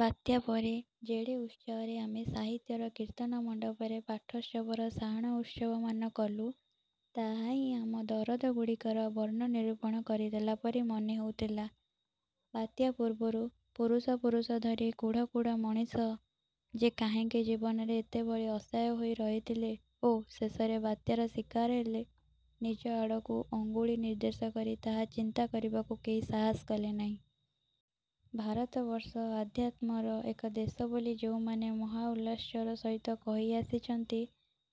ବାତ୍ୟା ପରେ ଯେଡ଼େ ଉତ୍ସାହରେ ଆମେ ସାହିତ୍ୟର କୀର୍ତ୍ତନମଣ୍ଡପରେ ପାଠୋତ୍ସବର ସାହାଣ ଉତ୍ସବମାନ କଲୁ, ତାହା ହିଁ ଆମ ଦରଦଗୁଡ଼ିକର ବର୍ଣ୍ଣ ନିରୂପଣ କରିଦେଲା ପରି ମନେ ହେଉଥିଲା। ବାତ୍ୟା ପୂର୍ବରୁ ପୁରୁଷ ପୁରୁଷ ଧରି କୁଢ଼ କୁଢ଼ ମଣିଷ ଯେ କାହିଁକି ଜୀବନରେ ଏତେ ଭଳି ଅସହାୟ ହୋଇ ରହିଥିଲେ ଓ ଶେଷରେ ବାତ୍ୟାର ଶିକାର ହେଲେ, ନିଜ ଆଡ଼କୁ ଅଙ୍ଗୁଳି ନିର୍ଦ୍ଦେଶ କରି ତାହା ଚିନ୍ତା କରିବାକୁ କେହି ସାହସ କଲେନାହିଁ। ଭାରତବର୍ଷ ଅଧ୍ୟାତ୍ମର ଏକ ଦେଶ ବୋଲି ଯେଉଁମାନେ ମହାଉଲ୍ଲାସର ସହିତ କହି ଆସିଛନ୍ତି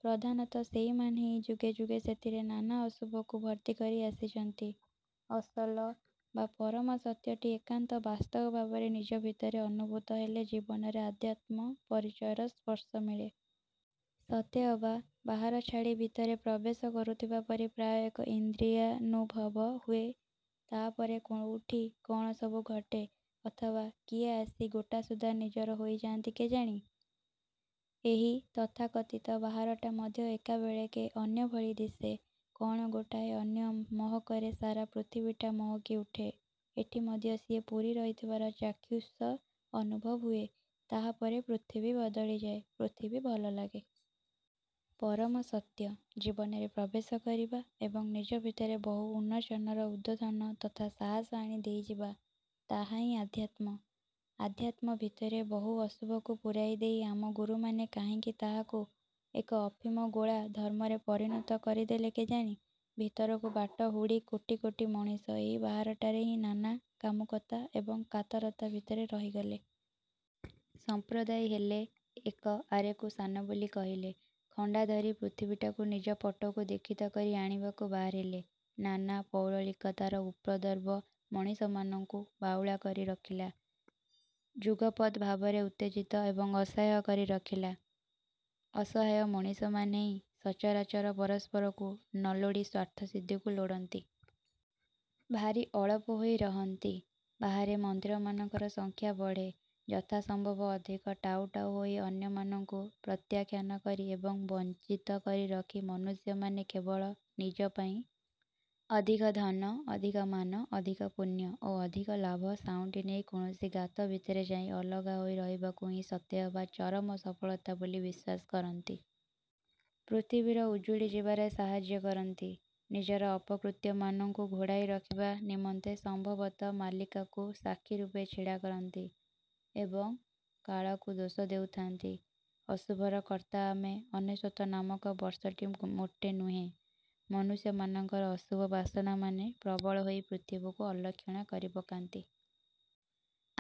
,ପ୍ରଧାନତଃ ସେହିମାନେ ହିଁ ଯୁଗେ ଯୁଗେ ସେଥିରେ ନାନା ଅଶୁଭକୁ ଭର୍ତ୍ତି କରି ଆସିଛନ୍ତି। ଅସଲ ବା ପରମ ସତ୍ୟଟି ଏକାନ୍ତ ବାସ୍ତବ ଭାବରେ ନିଜ ଭିତରେ ଅନୁଭୂତ ହେଲେ ଜୀବନରେ ଅଧ୍ୟାତ୍ମ ପରିଚୟର ସ୍ପର୍ଶ ମିଳେ। ସତେଅବା ବାହାର ଛାଡ଼ି ଭିତରେ ପ୍ରବେଶ କରୁଥିବା ପରି ପ୍ରାୟ ଏକ ଇନ୍ଦ୍ରିୟାନୁଭବ ହୁଏ ତା' ପରେ କୋଉଠି କ'ଣ ସବୁ ଘଟେ ଅଥବା କିଏ ଆସି ଗୋଟାସୁଦ୍ଧା ନିଜର ହୋଇଯାଆନ୍ତି କେଜାଣି, ଏହି ତଥାକଥିତ ବାହାରଟା ମଧ୍ୟ ଏକାବେଳେକେ ଅନ୍ୟ ଭଳି ଦିଶେ, କ'ଣ ଗୋଟାଏ ଅନ୍ୟ ମହକରେ ସାରା ପୃଥିବୀଟା ମହକି ଉଠେ, ଏଠି ମଧ୍ୟ ସିଏ ପୂରି ରହିଥିବାର ଚାକ୍ଷୁଷ ଅନୁଭବ ହୁଏ, ତା'ପରେ ପୃଥିବୀ ବଦଳିଯାଏ, ପୃଥିବୀ ଭଲ ଲାଗେ। ପରମସତ୍ୟ ଜୀବନରେ ପ୍ରବେଶ କରିବା ଏବଂ ନିଜ ଭିତରେ ବହୁ ଉନ୍ମୋଚନର ଉଦ୍ବୋଧନ ତଥା ସାହସ ଆଣି ଦେଇଯିବା, ତାହାହିଁ ଅଧ୍ୟାତ୍ମ। ଅଧ୍ୟାତ୍ମ ଭିତରେ ବହୁ ଅଶୁଭକୁ ପୂରାଇ ଦେଇ ଆମ ଗୁରୁମାନେ କାହିଁକି ତାହାକୁ ଏକ ଅଫିମଗୋଳା ଧର୍ମରେ ପରିଣତ କରିଦେଲେ କେଜାଣି। ଭିତରକୁ ବାଟ ହୁଡ଼ି କୋଟି କୋଟି ମଣିଷ ଏହି ବାହାରଟାରେ ହିଁ ନାନା କାମୁକତା ଏବଂ କାତରତା ଭିତରେ ରହିଗଲେ। ସମ୍ପ୍ରଦାୟୀ ହେଲେ, ଏକ ଆରେକୁ ସାନ ବୋଲି କହିଲେ, ଖଣ୍ଡା ଧରି ପୃଥିବୀଟାକୁ ନିଜ ପଟକୁ ଦୀକ୍ଷିତ କରି ଆଣିବାକୁ ବାହାରିଲେ। ନାନା ପୌରଳିକତାର ଉପଦ୍ରବ ମଣିଷମାନଙ୍କୁ ବାଉଳା କରି ରଖିଲା। ଯୁଗପତ୍ ଭାବରେ ଉତ୍ତେଜିତ ଏବଂ ଅସହାୟ କରି ରଖିଲା। ଅସହାୟ ମଣିଷମାନେ ହିଁ ସଚରାଚର ପରସ୍ପରକୁ ନଲୋଡ଼ି ସ୍ଵାର୍ଥସିଦ୍ଧିକୁ ଲୋଡ଼ନ୍ତି। ଭାରି ଅଳପ ହୋଇ ରହନ୍ତି। ବାହାରେ ମନ୍ଦିରମାନଙ୍କର ସଂଖ୍ୟା ବଢ଼େ, ଯଥାସମ୍ଭବ ଅଧିକ ଟାଉ ଟାଉ ହୋଇ ଅନ୍ୟମାନଙ୍କୁ ପ୍ରତ୍ୟାଖ୍ୟାନ କରି ଏବଂ ବଂଚିତ କରି ରଖି ମନୁଷ୍ୟମାନେ କେବଳ ନିଜ ପାଇଁ ଅଧିକ ଧନ, ଅଧିକ ମାନ, ଅଧିକ ପୁଣ୍ୟ ଓ ଅଧିକ ଲାଭ ସାଉଁଟି ନେଇ କୌଣସି ଗାତ ଭିତରେ ଯାଇ ଅଲଗା ହୋଇ ରହିବାକୁ ହିଁ ସତେଅବା ଚରମ ସଫଳତା ବୋଲି ବିଶ୍ୱାସ କରନ୍ତି। ପୃଥିବୀର ଉଜୁଡ଼ି ଯିବାରେ ସାହାଯ୍ୟ କରନ୍ତି। ନିଜର ଅପକୃତ୍ୟମାନଙ୍କୁ ଘୋଡ଼ାଇ ରଖିବା ନିମନ୍ତେ ସମ୍ଭବତଃ ମାଳିକାକୁ ସାକ୍ଷୀ ରୂପେ ଛିଡ଼ା କରନ୍ତି ଏବଂ କାଳକୁ ଦୋଷ ଦେଉଥାନ୍ତି। ଅଶୁଭର କର୍ତ୍ତା ଆମେ, ଅନେଶ୍ୱତ ନାମକ ବର୍ଷଟି ମୋଟେ ନୁହେଁ। ମନୁଷ୍ୟମାନଙ୍କର ଅଶୁଭ ବାସନାମାନେ ପ୍ରବଳ ହୋଇ ପୃଥିବୀକୁ ଅଲକ୍ଷଣା କରି ପକାନ୍ତି।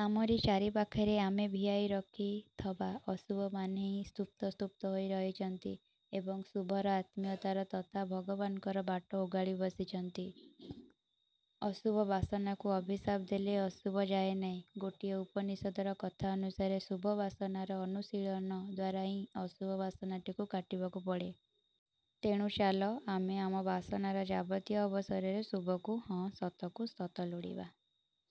ଆମରି ଚାରିପାଖରେ ଆମେ ଭିଆଇ ରଖିଥବା ଅଶୁଭମାନେ ହିଁ ସ୍ତୂପ ସ୍ତୂପ ହୋଇ ରହିଛନ୍ତି ଏବଂ ଶୁଭର, ଆତ୍ମୀୟତାର ତଥା ଭଗବାନଙ୍କର ବାଟ ଓଗାଳି ବସିଛନ୍ତି। ଅଶୁଭ ବାସନାକୁ ଅଭିଶାପ ଦେଲେ ଅଶୁଭ ଯାଏନାହିଁ। ଗୋଟିଏ ଉପନିଷଦର କଥା ଅନୁସାରେ, ଶୁଭ ବାସନାର ଅନୁଶୀଳନ ଦ୍ୱାରା ହିଁ ଅଶୁଭ ବାସନାଟିକୁ କାଟିବାକୁ ପଡ଼େ। ତେଣୁ, ଚାଲ ଆମେ ଆମ ବାସନାର ଯାବତୀୟ ଅବସରରେ ଶୁଭକୁ ହଁ ସତକୁ ସତ ଲୋଡ଼ିବା।